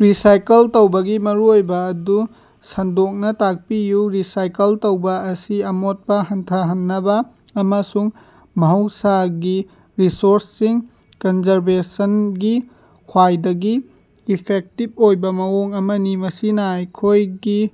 Recycle ꯇꯧꯕꯒꯤ ꯃꯔꯨꯑꯣꯏꯕ ꯑꯗꯨ ꯁꯟꯗꯣꯛꯅ ꯇꯥꯛꯄꯤꯌꯨ꯫ ꯔꯤꯁꯥꯏꯀꯜ ꯇꯧꯕꯥ ꯑꯁꯤ ꯑꯃꯣꯠꯄ ꯍꯟꯊꯍꯟꯅꯕ ꯑꯃꯁꯨꯡ ꯃꯍꯧꯁꯥꯒꯤ ꯔꯤꯁꯣꯔꯁꯁꯤꯡ ꯀꯟꯖꯔꯕꯦꯁꯟꯒꯤ ꯈ꯭ꯋꯥꯏꯗꯒꯤ ꯏꯐꯦꯛꯇꯤꯕ ꯑꯣꯏꯕ ꯃꯑꯣꯡ ꯑꯃꯅꯤ꯫ ꯃꯁꯤ ꯑꯩꯈꯣꯏꯒꯤ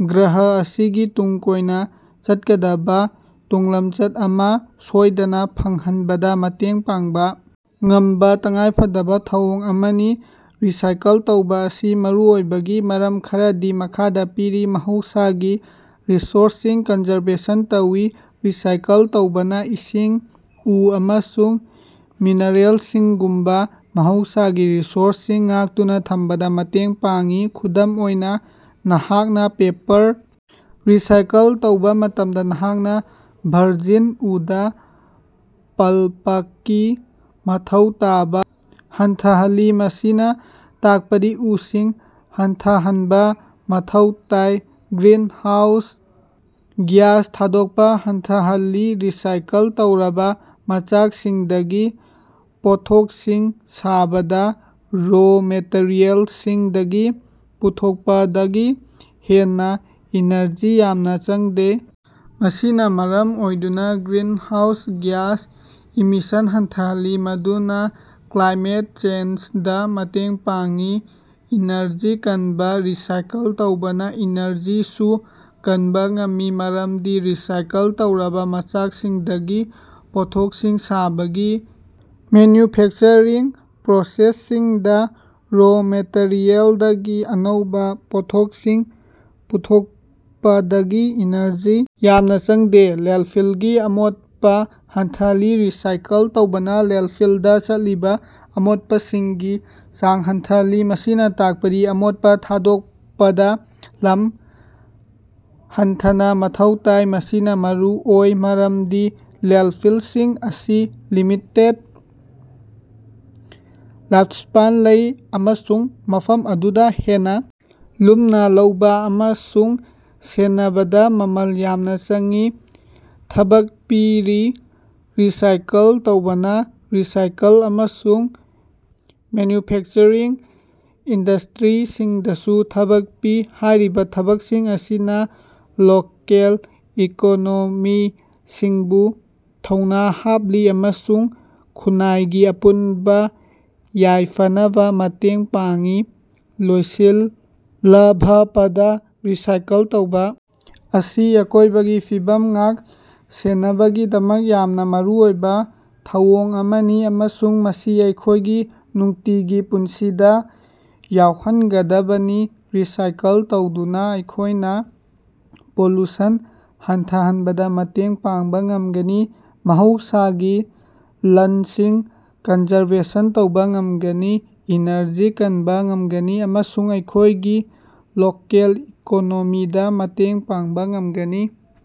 ꯒ꯭ꯔꯍ ꯑꯁꯤꯒꯤ ꯇꯨꯡ ꯀꯣꯏꯅ ꯆꯠꯀꯗꯕ ꯇꯨꯡꯂꯝꯆꯠ ꯑꯃ ꯁꯣꯏꯗꯅ ꯐꯪꯍꯟꯕꯗ ꯃꯇꯦꯡ ꯄꯥꯡꯕ ꯉꯝꯕ ꯇꯉꯥꯏꯐꯗꯕ ꯊꯧꯑꯣꯡ ꯑꯃꯅꯤ꯫ ꯔꯤꯁꯥꯏꯀꯜ ꯇꯧꯕ ꯑꯁꯤ ꯃꯔꯨꯑꯣꯏꯕꯒꯤ ꯃꯔꯝ ꯈꯔꯗꯤ ꯃꯈꯥꯗ ꯄꯤꯔꯤ: ꯃꯍꯧꯁꯥꯒꯤ ꯔꯤꯁꯣꯔꯁꯁꯤꯡ ꯀꯟꯖꯔꯕꯦꯁꯟ ꯇꯧꯏ ꯫ ꯔꯤꯁꯥꯏꯀꯜ ꯇꯧꯕꯅ ꯏꯁꯤꯡ, ꯎ ꯑꯃꯁꯨꯡ ꯃꯤꯅꯔꯦꯜꯁꯤꯡꯒꯨꯝꯕ ꯃꯍꯧꯁꯥꯒꯤ ꯔꯤꯁꯣꯔꯁꯁꯤꯡ ꯉꯥꯛꯇꯨꯅ ꯊꯝꯕꯗ ꯃꯇꯦꯡ ꯄꯥꯡꯏ꯫ ꯈꯨꯗꯝ ꯑꯣꯏꯅ ꯅꯍꯥꯛꯅ ꯄꯦꯄꯔ ꯔꯤꯁꯥꯏꯀꯜ ꯇꯧꯕ ꯃꯇꯝꯗ, ꯅꯍꯥꯛꯅ ꯚꯔꯖꯤꯟ ꯎꯗ ꯄꯜꯄꯀꯤ ꯃꯊꯧ ꯇꯥꯕ ꯍꯟꯊꯍꯜꯂꯤ꯫ ꯃꯁꯤꯅ ꯇꯥꯛꯄꯗꯤ ꯎꯁꯤꯡ ꯍꯟꯊꯍꯟꯕ ꯃꯊꯧ ꯇꯥꯏ꯫ ꯒ꯭ꯔꯤꯟ ꯍꯥꯎꯁ ꯒ꯭ꯌꯥꯁ ꯊꯥꯗꯣꯛꯄ ꯍꯟꯊꯍꯜꯂꯤ꯫ ꯔꯤꯁꯥꯏꯀꯜ ꯇꯧꯔꯕ ꯃꯆꯥꯛꯁꯤꯡꯗꯒꯤ ꯄꯣꯠꯊꯣꯛꯁꯤꯡ ꯁꯥꯕꯗ ꯔꯣ ꯃꯦꯇꯔꯤꯌꯦꯜꯁꯤꯡꯗꯒꯤ ꯄꯨꯊꯣꯛꯄꯗꯒꯤ ꯍꯦꯟꯅ ꯏꯅꯔꯖꯤ ꯌꯥꯝꯅ ꯆꯪꯗꯦ꯫ ꯃꯁꯤꯅ ꯃꯔꯝ ꯑꯣꯏꯗꯨꯅ ꯒ꯭ꯔꯤꯟꯍꯥꯎꯁ ꯒ꯭ꯌꯥꯁ ꯏꯃꯤꯁꯟ ꯍꯟꯊꯍꯜꯂꯤ꯫ ꯃꯗꯨꯅ ꯀ꯭ꯂꯥꯏꯃꯦꯠ ꯆꯦꯟꯖꯗ ꯃꯇꯦꯡ ꯄꯥꯡꯏ꯫ ꯏꯅꯔꯖꯤ ꯀꯟꯕ: ꯔꯤꯁꯥꯏꯀꯜ ꯇꯧꯕꯅ ꯏꯅꯔꯖꯤꯁꯨ ꯀꯟꯕ ꯉꯝꯃꯤ ꯃꯔꯝꯗꯤ ꯔꯤꯁꯥꯏꯀꯜ ꯇꯧꯔꯕ ꯃꯆꯥꯛꯁꯤꯡꯗꯒꯤ ꯄꯣꯠꯊꯣꯛꯁꯤꯡ ꯁꯥꯕꯒꯤ ꯃꯦꯟꯌꯨꯐꯦꯛꯆꯔꯤꯡ ꯄ꯭ꯔꯣꯁꯦꯁꯁꯤꯡꯗ ꯔꯣ ꯃꯦꯇꯔꯤꯌꯦꯜꯗꯒꯤ ꯑꯅꯧꯕ ꯄꯣꯠꯊꯣꯛꯁꯤꯡ ꯄꯨꯊꯣꯛꯄꯗꯒꯤ ꯏꯅꯔꯖꯤ ꯌꯥꯝꯅ ꯆꯪꯗꯦ꯫ ꯂꯦꯟꯗꯐꯤꯜꯒꯤ ꯑꯃꯣꯠꯄ ꯍꯟꯊꯍꯜꯂꯤ: ꯔꯤꯁꯥꯏꯀꯜ ꯇꯧꯕꯅꯥ ꯂꯦꯟꯗꯐꯤꯜꯗ ꯆꯠꯂꯤꯕ ꯑꯃꯣꯠꯄꯁꯤꯡꯒꯤ ꯆꯥꯡ ꯍꯟꯊꯍꯜꯂꯤ꯫ ꯃꯁꯤꯅ ꯇꯥꯛꯄꯗꯤ ꯑꯃꯣꯠꯄ ꯊꯥꯗꯣꯛꯄꯗ ꯂꯝ ꯍꯟꯊꯅ ꯃꯊꯧ ꯇꯥꯏ꯫ ꯃꯁꯤ ꯃꯔꯨꯑꯣꯏ ꯃꯔꯝꯗꯤ ꯂꯦꯟꯗꯐꯤꯜꯁꯤꯡ ꯑꯁꯤ ꯂꯤꯃꯤꯇꯦꯗ ꯂꯥꯏꯐꯁ꯭ꯄꯦꯟ ꯂꯩ ꯫ ꯑꯃꯁꯨꯡ ꯃꯐꯝ ꯑꯗꯨꯗ ꯍꯦꯟꯅ ꯂꯨꯝꯅ ꯂꯧꯕ ꯑꯃꯁꯨꯡ ꯁꯦꯟꯅꯕꯗ ꯃꯃꯜ ꯌꯥꯝꯅ ꯆꯪꯏ꯫ ꯊꯕꯛ ꯄꯤꯔꯤ: ꯔꯤꯁꯥꯏꯀꯜ ꯇꯧꯕꯅ ꯔꯤꯁꯥꯏꯀꯜ ꯑꯃꯁꯨꯡ ꯃꯦꯟꯌꯨꯐꯦꯛꯆꯔꯤꯡ ꯏꯟꯗꯁ꯭ꯇꯔꯤꯁꯤꯡꯗꯁꯨ ꯊꯕꯛ ꯄꯤ꯫ ꯍꯥꯏꯔꯤꯕ ꯊꯕꯛꯁꯤꯡ ꯑꯁꯤꯅ ꯂꯣꯀꯦꯜ ꯏꯀꯣꯅꯣꯃꯤꯁꯤꯡꯕꯨ ꯊꯧꯅ ꯍꯥꯞꯂꯤ꯫ ꯑꯃꯁꯨꯡ ꯈꯨꯟꯅꯥꯏꯒꯤ ꯑꯄꯨꯟꯕ ꯌꯥꯏꯐꯅꯕ ꯃꯇꯦꯡ ꯄꯥꯡꯏ꯫ ꯂꯣꯏꯁꯤꯜꯂꯚꯄꯗ ꯔꯤꯁꯥꯏꯀꯜ ꯇꯧꯕ ꯑꯁꯤ ꯑꯀꯣꯏꯕꯒꯤ ꯐꯤꯕꯝ ꯉꯥꯛ-ꯁꯦꯟꯅꯕꯒꯤꯗꯃꯛ ꯌꯥꯝꯅ ꯃꯔꯨꯑꯣꯏꯕ ꯊꯧꯑꯣꯡ ꯑꯃꯅꯤ꯫ꯑꯃꯁꯨꯡ ꯃꯁꯤ ꯑꯩꯈꯣꯏꯒꯤ ꯅꯨꯡꯇꯤꯒꯤ ꯄꯨꯟꯁꯤꯗ ꯌꯥꯎꯍꯟꯒꯗꯕꯅꯤ꯫ ꯔꯤꯁꯥꯏꯀꯜ ꯇꯧꯗꯨꯅ ꯑꯩꯈꯣꯏꯅ ꯄꯣꯂꯨꯁꯟ ꯍꯟꯊꯍꯟꯕꯗ ꯃꯇꯦꯡ ꯄꯥꯡꯕ ꯉꯝꯒꯅꯤ꯫ ꯃꯍꯧꯁꯥꯒꯤ ꯂꯟꯁꯤꯡ ꯀꯟꯖꯔꯕꯦꯁꯟ ꯇꯧꯕ ꯉꯝꯒꯅꯤ꯫ꯏꯅꯔꯖꯤ ꯀꯟꯕ ꯉꯝꯒꯅꯤ ꯑꯃꯁꯨꯡ ꯑꯩꯈꯣꯢꯒꯤ ꯂꯣꯀꯦꯜ ꯏꯀꯣꯅꯣꯃꯤꯗ ꯃꯇꯦꯡ ꯄꯥꯡꯕ ꯉꯝꯒꯅꯤ꯫